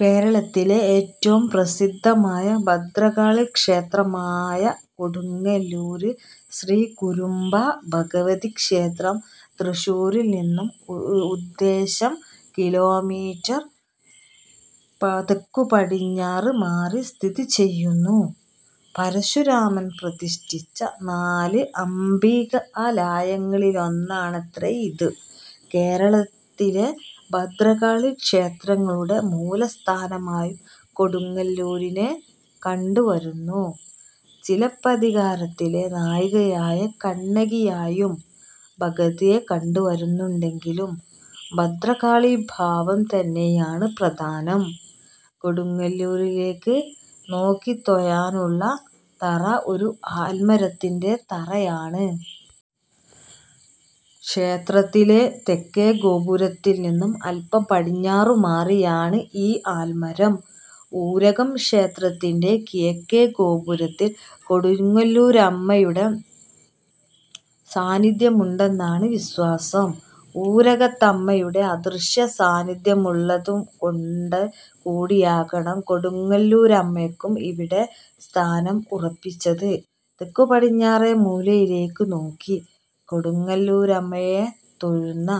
കേരളത്തിലെ ഏറ്റവും പ്രസിദ്ധമായ ഭദ്രകാളിക്ഷേത്രമായ കൊടുങ്ങല്ലൂർ ശ്രീ കുരുംബഭഗവതിക്ഷേത്രം തൃശ്ശൂരിൽ നിന്ന് ഉദ്ദേശം കിലോമീറ്റർ തെക്കുപടിഞ്ഞാറുമാറി സ്ഥിതിചെയ്യുന്നു. പരശുരാമൻ പ്രതിഷ്ഠിച്ച നാല് അംബികാലയങ്ങളിലൊന്നാണത്രേ ഇത്. കേരളത്തിലെ ഭദ്രകാളീക്ഷേത്രങ്ങളുടെ മൂലസ്ഥാനമായും കൊടുങ്ങല്ലൂരിനെ കണ്ടുവരുന്നു. ചിലപ്പതികാരത്തിലെ നായികയായ കണ്ണകിയായും ഭഗവതിയെ കണ്ടുവരുന്നുണ്ടെങ്കിലും ഭദ്രകാളീഭാവം തന്നെയാണ് പ്രധാനം. കൊടുങ്ങല്ലരിലേയ്ക്ക് നോക്കിത്തൊഴാനുള്ള തറ ഒരു ആൽമരത്തിന്റെ തറയാണ്. ക്ഷേത്രത്തിലെ തെക്കേ ഗോപുരത്തിൽനിന്ന് അല്പം പടിഞ്ഞാറുമാറിയാണ് ഈ ആൽമരം. ഊരകം ക്ഷേത്രത്തിന്റെ കിഴക്കേ ഗോപുരത്തിൽ കൊടുങ്ങല്ലൂരമ്മയുടെ സാന്നിദ്ധ്യമുണ്ടെന്നാണ് വിശ്വാസം. ഊരകത്തമ്മയുടെ അദൃശ്യസാന്നിദ്ധ്യമുള്ളതുകൊണ്ട് കൂടിയാകണം കൊടുങ്ങല്ലൂരമ്മയ്ക്കും ഇവിടെ സ്ഥാനം ഉറപ്പിച്ചത്. തെക്കുപടിഞ്ഞാറേമൂലയിലേയ്ക്കുനോക്കി കൊടുങ്ങല്ലൂരമ്മയെ തൊഴുന്ന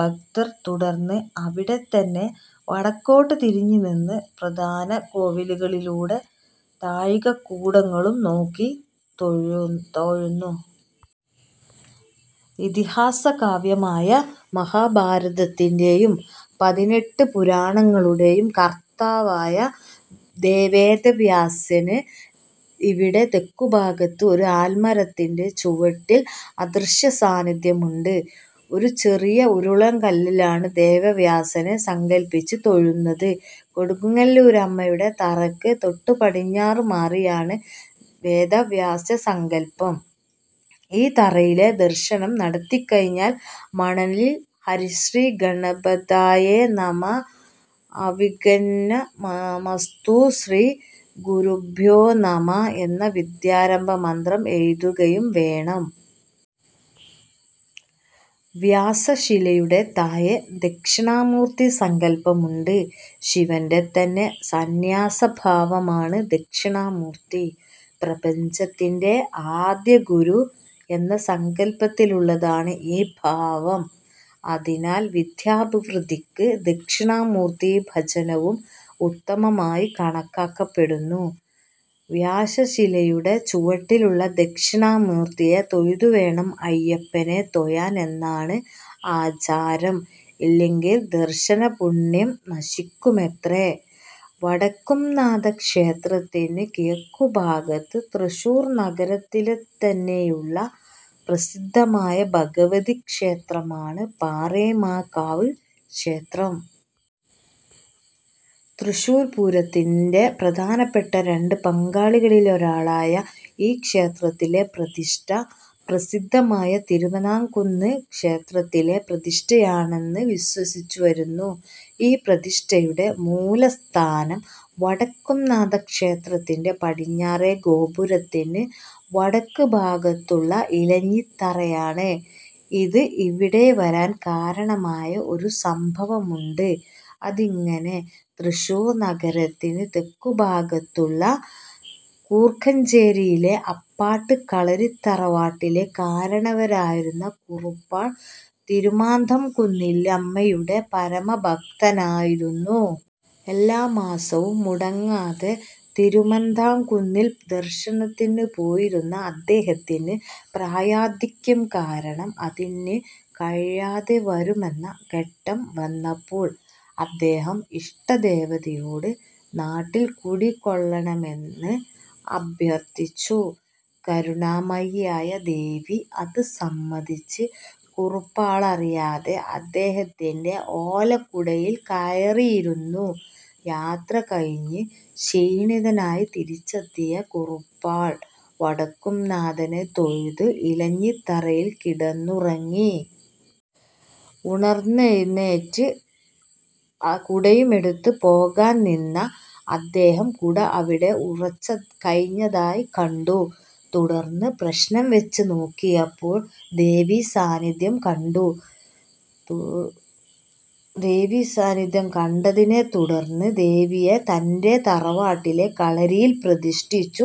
ഭക്തർ തുടർന്ന് അവിടെത്തന്നെ വടക്കോട്ട് തിരിഞ്ഞുനിന്ന് പ്രധാന ശ്രീകോവിലുകളുടെ താഴികക്കുടങ്ങളും നോക്കിത്തൊഴുന്നു. ഇതിഹാസകാവ്യമായ മഹാഭാരതത്തിന്റെയും പതിനെട്ട് പുരാണങ്ങളുടെയും കർത്താവായ വേദവ്യാസന് ഇവിടെ തെക്കുഭാഗത്തെ ഒരു ആൽമരത്തിന്റെ ചുവട്ടിൽ അദൃശ്യസാന്നിദ്ധ്യമുണ്ട്. ഒരു ചെറിയ ഉരുളൻകല്ലിലാണ് വേദവ്യാസനെ സങ്കല്പിച്ചുതൊഴുന്നത്. കൊടുങ്ങല്ലൂരമ്മയുടെ തറയ്ക്ക് തൊട്ടുപടിഞ്ഞാറുമാറിയാണ് വേദവ്യാസസങ്കല്പം. ഈ തറയിൽ ദർശനം നടത്തിക്കഴിഞ്ഞാൽ മണലിൽ 'ഹരിശ്രീ ഗണപതയേ നമഃ അവിഘ്നമസ്തു ശ്രീ ഗുരുഭ്യോ നമഃ' എന്ന വിദ്യാരംഭമന്ത്രം എഴുതുകയും വേണം. വ്യാസശിലയുടെ താഴെ ദക്ഷിണാമൂർത്തിസങ്കല്പവുമുണ്ട്. ശിവന്റെ തന്നെ സന്യാസഭാവമാണ് ദക്ഷിണാമൂർത്തി. പ്രപഞ്ചത്തിന്റെ ആദിഗുരു എന്ന സങ്കല്പത്തിലുള്ളതാണ് ഈ ഭാവം. അതിനാൽ വിദ്യാഭിവൃദ്ധിയ്ക്ക് ദക്ഷിണാമൂർത്തിഭജനവും ഉത്തമമായി കണക്കാക്കപ്പെടുന്നു. വ്യാസശിലയുടെ ചുവട്ടിലുള്ള ദക്ഷിണാമൂർത്തിയെ തൊഴുതുവേണം അയ്യപ്പനെ തൊഴാൻ എന്നാണ് ആചാരം. ഇല്ലെങ്കിൽ ദർശനപുണ്യം നശിയ്ക്കുമത്രേ! വടക്കുംനാഥക്ഷേത്രത്തിന് കിഴക്കുഭാഗത്ത് തൃശ്ശൂർ നഗരത്തിൽത്തന്നെയുള്ള പ്രസിദ്ധമായ ഭഗവതിക്ഷേത്രമാണ് പാറമേക്കാവ് ക്ഷേത്രം. തൃശ്ശൂർ പൂരത്തിന്റെ പ്രധാനപ്പെട്ട് രണ്ട് പങ്കാളികളിലൊരാളായ ഈ ക്ഷേത്രത്തിലെ പ്രതിഷ്ഠ പ്രസിദ്ധമായ തിരുമാന്ധാംകുന്ന് ക്ഷേത്രത്തിലെ പ്രതിഷ്ഠയാണെന്ന് വിശ്വസിച്ചുവരുന്നു. ഈ പ്രതിഷ്ഠയുടെ മൂലസ്ഥാനം വടക്കുന്നാഥക്ഷേത്രത്തിന്റെ പടിഞ്ഞാറേ ഗോപുരത്തിന് വടക്കുഭാഗത്തുള്ള ഇലഞ്ഞിത്തറയാണ്. ഇത് ഇവിടെ വരാൻ കാരണമായ ഒരു സംഭവമുണ്ട്. അതിങ്ങനെ: തൃശ്ശൂർ നഗരത്തിന് തെക്കുഭാഗത്തുള്ള കൂർക്കഞ്ചേരിയിലെ അപ്പാട്ട് കളരിത്തറവാട്ടിലെ കാരണവരായിരുന്ന കുറുപ്പാൾ തിരുമാന്ധാംകുന്നിലമ്മയുടെ പരമഭക്തനായിരുന്നു. എല്ലാമാസവും മുടങ്ങാതെ തിരുമാന്ധാംകുന്നിൽ ദർശനത്തിനുപോയിരുന്ന അദ്ദേഹത്തിന് പ്രായാധിക്യം കാരണം അതിന് കഴിയാതെ വരുമെന്ന ഘട്ടം വന്നപ്പോൾ അദ്ദേഹം ഇഷ്ടദേവതയോട് നാട്ടിൽ കുടികൊള്ളണമെന്ന് അഭ്യർത്ഥിച്ചു. കരുണാമയിയായ ദേവി അത് സമ്മതിച്ച് കുറുപ്പാളറിയാതെ അദ്ദേഹത്തിന്റെ ഓലക്കുടയിൽ കയറിയിരുന്നു. യാത്രകഴിഞ്ഞ് ക്ഷീണിതനായി തിരിച്ചെത്തിയ കുറുപ്പാൾ വടക്കുംനാഥനെ തൊഴുത് ഇലഞ്ഞിത്തറയിൽ കിടന്നുറങ്ങി. ഉണർന്നെഴുന്നേറ്റ് കുടയുമെടുത്ത് പോകാൻ നിന്ന അദ്ദേഹം കുട അവിടെ ഉറച്ചുകഴിഞ്ഞതായി കണ്ടു. തുടർന്ന് പ്രശ്നം വച്ചുനോക്കിയപ്പോൾ ദേവീസാന്നിദ്ധ്യം കണ്ടു. ദേവീ സാന്നിധ്യം കണ്ടതിനെ തുടർന്ന് ദേവിയെ തന്റെ തറവാട്ടിലെ കളരിയിൽ പ്രതിഷ്ഠിച്ചു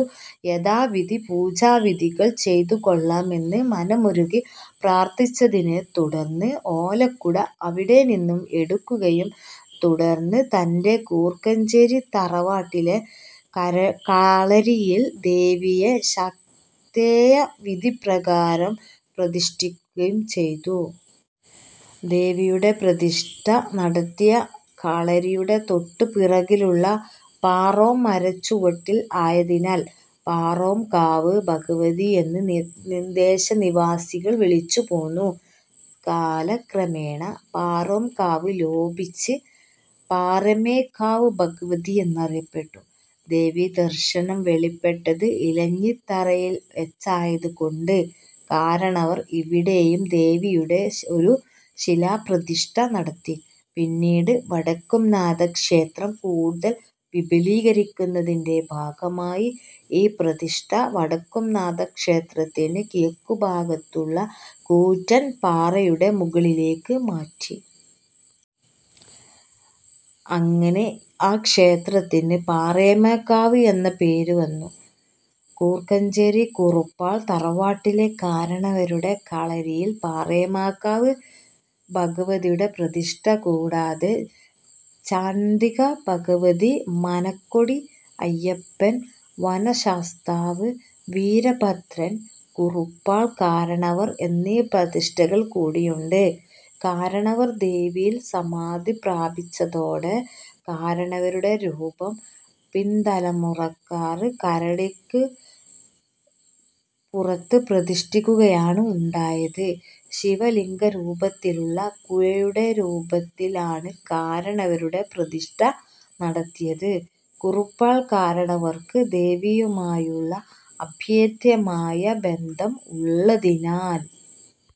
യഥാവിധി പൂജാവിധികൾ ചെയ്തു കൊള്ളാം എന്ന് മനമുരുകി പ്രാർത്ഥിച്ചതിനെ തുടർന്ന് ഓലക്കുട അവിടെ നിന്നും എടുക്കുകയും തുടർന്ന് തന്റെ കൂർക്കഞ്ചേരി തറവാട്ടിലെ കളരിയിൽ ദേവിയെ ശാക്തേയവിധി പ്രകാരം പ്രതിഷ്ഠിയ്ക്കുകയും ചെയ്തു. ദേവിയുടെ പ്രതിഷ്ഠ നടത്തിയ കളരിയുടെ തൊട്ടു പുറകിലുള്ള പാറോം മരച്ചുവട്ടിൽ ആയതിനാൽ പാറോംകാവ് ഭഗവതി എന്ന് ദേശനിവാസികൾ വിളിച്ചു പോന്നു. കാലക്രമേണ പാറോംകാവ് ലോഭിച്ചു പാറമേക്കാവ് ഭഗവതി എന്നറിയപ്പെട്ടു. ദേവീദർശനം വെളിപ്പെട്ടത് ഇലഞ്ഞിത്തറയിൽ വെച്ചായത് കൊണ്ട് കാരണവർ ഇവിടെയും ദേവിയുടെ ഒരു ശിലാപ്രതിഷ്ഠ നടത്തി. പിന്നീട് വടക്കുംനാഥ ക്ഷേത്രം കൂടുതൽ വിപുലീകരിക്കുന്നതിന്റെ ഭാഗമായി ഈ പ്രതിഷ്ഠ വടക്കുംനാഥക്ഷേത്രത്തിന് കിഴക്കുഭാഗത്തുള്ള കൂറ്റൻ പാറയുടെ മുകളിലേയ്ക്കുമാറ്റി. അങ്ങനെ ആ ക്ഷേത്രത്തിന് പാറമേക്കാവ് എന്ന പേരുവന്നു. കൂർക്കഞ്ചേരി കുറുപ്പാൾ തറവാട്ടിലെ കാരണവരുടെ കളരിയിൽ പാറമേക്കാവ് ഭഗവതിയുടെ പ്രതിഷ്ഠ കൂടാതെ ചണ്ഡികാഭഗവതി, മനക്കൊടി അയ്യപ്പൻ, വനശാസ്താവ്, വീരഭദ്രൻ, കുറുപ്പാൾ കാരണവർ എന്നീ പ്രതിഷ്ഠകൾ കൂടിയുണ്ട്. കാരണവർ ദേവിയിൽ സമാധി പ്രാപിച്ചതോടെ കാരണവരുടെ രൂപം പിന്തലമുറക്കാർ കളരിക്ക് പുറത്ത് പ്രതിഷ്ഠിക്കുകയാണ് ഉണ്ടായത്. ശിവലിംഗരൂപത്തിലുള്ള കുഴയുടെ രൂപത്തിൽ ആണ് കാരണവരുടെ പ്രതിഷ്ഠ നടത്തിയത്. കുറുപ്പാൾ കാരണവർക്ക് ദേവിയുമായുള്ള അഭേദ്ധ്യമായ ബന്ധം ഉള്ളതിനാൽ